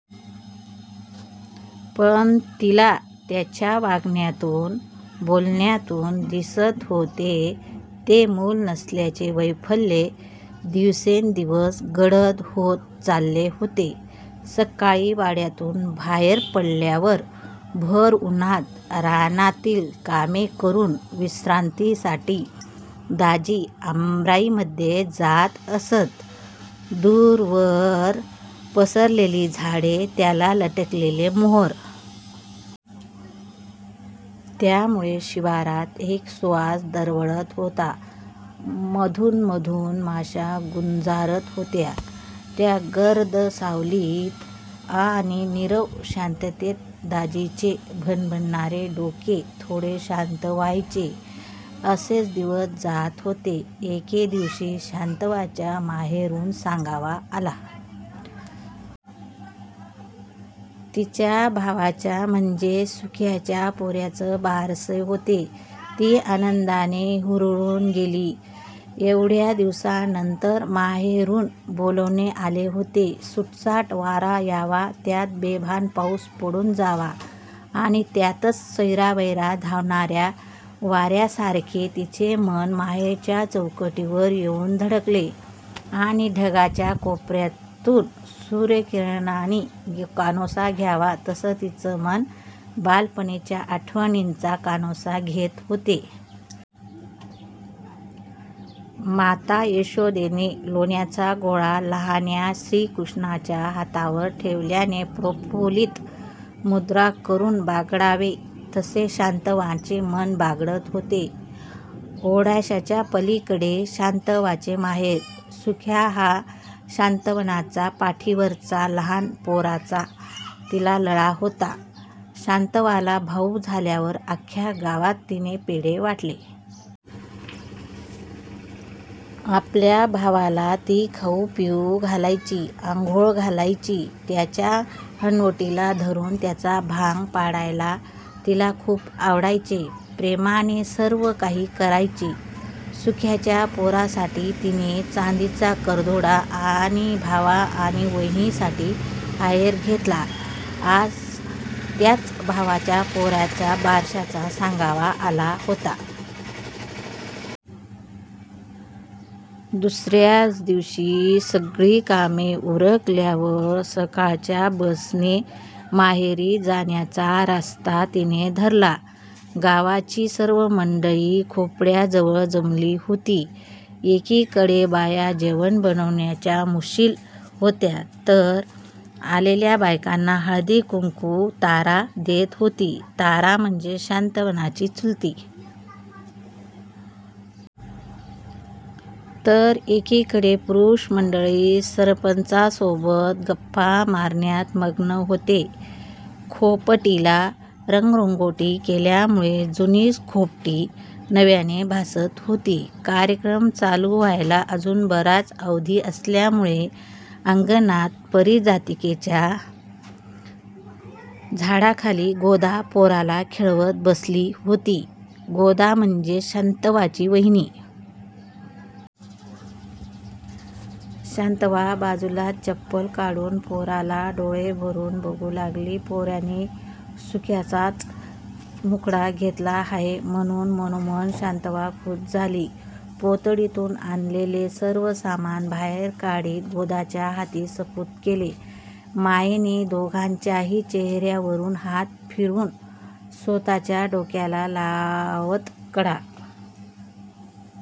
पण तिला त्यांच्या वागण्यातून बोलण्यातून दिसत होते ते. मुलं नसल्याचं वैफल्य दिवसेंदिवस गडद होत चाले होते. सकाळी वाड्यातून बाहेर पडल्यावर भर उन्हांत रानातील कामे करून विश्रांतीसाठी दाजी आमराई मध्ये जात असत. दूरवर पसरलेली झाडे त्याला लटकलेले मोहर. त्यामुळे शिवारात एक सुवास दरवळत होता. मधून मधून माश्या गुंजारात होत्या. त्या गर्द सावलीत आणि निरव शांततेत दाजींचे भणभणारे डोके थोडे शांत व्हायाचे. असेच दिवस जात होते. एके दिवशी शांतव्वाच्या माहेरवरून सांगावा आला. तिच्या भावाच्या म्हणजेच सुख्याच्या पोराचं बारसं होतं. ती आनंदाने हुरळून गेली. एवढ्या दिवसानंतर माहेरवरून बोलावणं आलं होतं. सुसाट वारा यावा त्यात बेभान पाऊस पडून जावा आणि त्यातच सैरावैरा धावणाऱ्या वासरासारखे तिचे मन माहेरच्या चौकटीवर येऊन धडकले आणि ढगांच्या कोपऱ्यातून सूर्य किरणांनी कानोसा घ्यावा तसं तीच मन बालपणीच्या आठवणींचा कानोसा घेत होतं. माता यशोदेने लोण्याचा गोळा लहान्या श्री कृष्णाच्या हातावर ठेवल्याने प्रफुल्लीत मुद्रा करून बागडावे तसे शांतव्वाचे मन बागडत होते. ओढ्याच्या पलीकडे शांतव्वाचं माहेर. सुख्या हा शांतव्वाच्या पाठीवरचा. लहान पोरांचा तिला लळा होता. शांतव्वाला भाऊ झाल्यावर अख्या गावात तिने पेढे वाटले. आपल्या भावाला ती खाऊ पिऊ घालायची, अंघोळ घालायची. त्याच्या हनुवटीला धरून त्याचा भांग पाडायला तिला खूप आवडायचे. प्रेमाने सर्व काही करायची. सुख्याच्या पोरासाठी तिने चांदीचा करदोडा आणि भावा आणि वहिनींसाठी आहेर घेतला. आज त्याच भावाच्या पोराच्या बारशाचा सांगावा आला होता. दुसऱ्या दिवशी सगळी कामं उरकल्यावर सकाळच्या बसने माहेरी जाण्याचा रास्ता तिने धरला. गावाची सर्व मंडळी खोपट्याजवळ जमली होती. एकीकडे बाया जेवण बनवण्यात मश्गुल होत्या तर आलेल्या बायकांना हळदी कुंकू तारा देत होती. तारा म्हणजे शांतव्वाची चुलती. तर एकीकडे पुरुष मंडळी सरपंचासोबत गप्पा मारण्यात मग्न होते. खोपटीला रंगरंगोटी केल्यामुळे जुनीच खोपटी नव्याने भासत होती. कार्यक्रम चालू व्हायाला अजून बराच अवधी असल्यामुळे अंगणांतच पारिजातकाच्या झाडाखाली गोदा पोराला खेळवत बसली होती. गोदा म्हणजेच शांतव्वाची वाहिनी. शांतव्वा बाजूलाच चपल काढून पोराला डोळं भरून बघू लागली. पोराने सुख्याचा मुखडा घेतला आहे म्हणून मनोमन शांतव्वा खुश झाली. पोतडीतून आणलेलं सर्व सामान बाहेर काढत गोदाच्या हाती सुपूर्त केले. मायेने दोघांच्याही चेहऱ्यावरून हात फिरवून स्वतःच्या डोक्याला लावत कडा